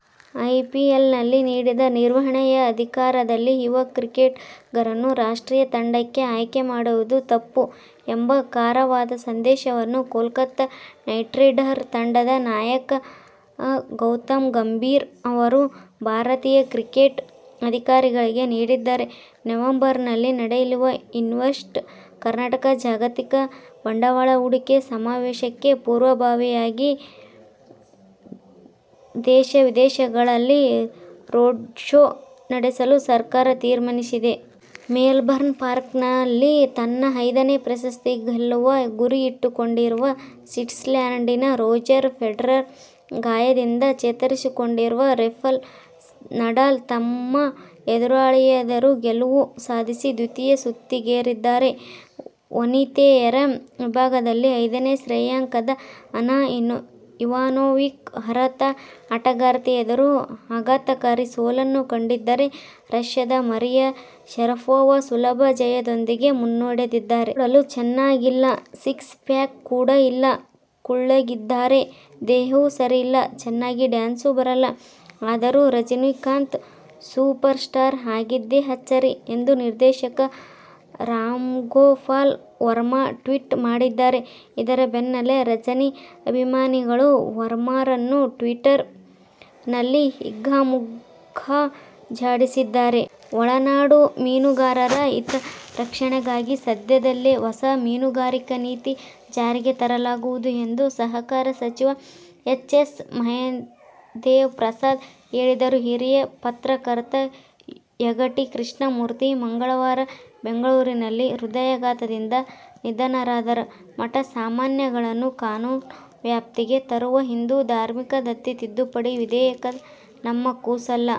ಐಪಿಎಲ್ನಲ್ಲಿ ನೀಡಿದ ನಿರ್ವಹಣೆಯ ಆಧಾರದಲ್ಲಿ ಯುವ ಕ್ರಿಕೆಟಿಗರನ್ನು ರಾಷ್ಟ್ರೀಯ ತಂಡಕ್ಕೆ ಆಯ್ಕೆ ಮಾಡುವುದು ತಪ್ಪು ಎಂಬ ಖಾರವಾದ ಸಂದೇಶವನ್ನು ಕೋಲ್ಕತಾ ನೈಟ್ರೈಡರ್ ತಂಡದ ನಾಯಕ ಗೌತಮ್ ಗಂಭೀರ್ ಅವರು ಭಾರತೀಯ ಕ್ರಿಕೆಟ್ ಅಧಿಕಾರಿಗಳಿಗೆ ನೀಡಿದ್ದಾರೆ. ನವೆಂಬರ್ನಲ್ಲಿ ನಡೆಯಲಿರುವ "ಇನ್ವೆಸ್ಟ್ ಕರ್ನಾಟಕ ' ಜಾಗತಿಕ ಬಂಡವಾಳ ಹೂಡಿಕೆ ಸಮಾವೇಶಕ್ಕೆ ಪೂರ್ವಭಾವಿಯಾಗಿ ದೇಶ-ವಿದೇಶಗಳಲ್ಲಿ ರೋಡ್ಶೋ ನಡೆಸಲು ಸರ್ಕಾರ ತೀರ್ಮಾನಿಸಿದೆ. ಮೆಲ್ಬರ್ನ್ ಪಾರ್ಕ್ನಲ್ಲಿ ತನ್ನ ಐದನೇ ಪ್ರಶಸ್ತಿ ಗೆಲ್ಲುವ ಗುರಿ ಇಟ್ಟುಕೊಂಡಿರುವ ಸ್ವಿಟ್ಸರ್ಲ್ಯಾಂಡಿನ ರೋಜರ್ ಫೆಡರರ್, ಗಾಯದಿಂದ ಚೇತರಿಸಿಕೊಂಡಿರುವ ರಫೆಲ್ ನಡಾಲ್ ತಮ್ಮ ಎದುರಾಳಿಯೆದುರು ಗೆಲುವು ಸಾಧಿಸಿ ದ್ವಿತೀಯ ಸುತ್ತಿಗೇರಿದ್ದಾರೆ. ವನಿತೆಯರ ವಿಭಾಗದಲ್ಲಿ ಐದನೇ ಶ್ರೇಯಾಂಕದ ಅನಾ ಇವಾನೋವಿಕ್ ಅರ್ಹತಾ ಆಟಗಾರ್ತಿಯೆದುರು ಆಘಾತಕಾರಿ ಸೋಲನ್ನು ಕಂಡಿದ್ದರೆ ರಶ್ಯದ ಮರಿಯಾ ಶರಪೋವಾ ಸುಲಭ ಜಯದೊಂದಿಗೆ ಮುನ್ನಡೆದಿದ್ದಾರೆ. "ನೋಡಲು ಚೆನ್ನಾಗಿಲ್ಲ. ಸಿಕ್ಸ್ ಪ್ಯಾಕ್ ಕೂಡ ಇಲ್ಲ. ಕುಳ್ಳಗಿದ್ದಾರೆ. ದೇಹವೂ ಸರಿ ಇಲ್ಲ. ಚೆನ್ನಾಗಿ ಡ್ಯಾನ್ಸೂ ಬರಲ್ಲ. ಆದರೂ ರಜನೀಕಾಂತ್ ಸೂಪರ್ ಸ್ಟಾರ್ ಆಗಿದ್ದೇ ಅಚ್ಚರಿ' ಎಂದು ನಿರ್ದೇಶಕ ರಾಮ್ಗೋಪಾಲ್ ವರ್ಮಾ ಟ್ವೀಟ್ ಮಾಡಿದ್ದಾರೆ. ಇದರ ಬೆನ್ನಲ್ಲೇ ರಜನಿಅಭಿಮಾನಿಗಳು ವರ್ಮಾರನ್ನು ಟ್ವೀಟರ್ ನಲ್ಲಿ ಹಿಗ್ಗಾಮುಗ್ಗಾ ಜಾಡಿಸಿದ್ದಾರೆ. ಒಳನಾಡು ಮೀನುಗಾರರ ಹಿತರಕ್ಷಣೆಗಾಗಿ ಸದ್ಯದಲ್ಲೇ ಹೊಸ ಮೀನುಗಾರಿಕಾ ನೀತಿ ಜಾರಿಗೆ ತರಲಾಗುವುದು ಎಂದು ಸಹಕಾರ ಸಚಿವ ಎಚ್. ಎಸ್. ಮಹದೇವಪ್ರಸಾದ್ ಹೇಳಿದರು. ಹಿರಿಯ ಪತ್ರಕರ್ತ ಯಗಟಿ ಕೃಷ್ಣಮೂರ್ತಿ ಮಂಗಳವಾರ ಬೆಂಗಳೂರಿನಲ್ಲಿ ಹೃದಯಾಘಾತದಿಂದ ನಿಧನರಾದರು. "ಮಠ-ಮಾನ್ಯಗಳನ್ನು ಕಾನೂನು ವ್ಯಾಪ್ತಿಗೆ ತರುವ ಹಿಂದೂ ಧಾರ್ಮಿಕ ದತ್ತಿ ತಿದ್ದುಪಡಿ ವಿಧೇಯಕ ನಮ್ಮ ಕೂಸಲ್ಲ.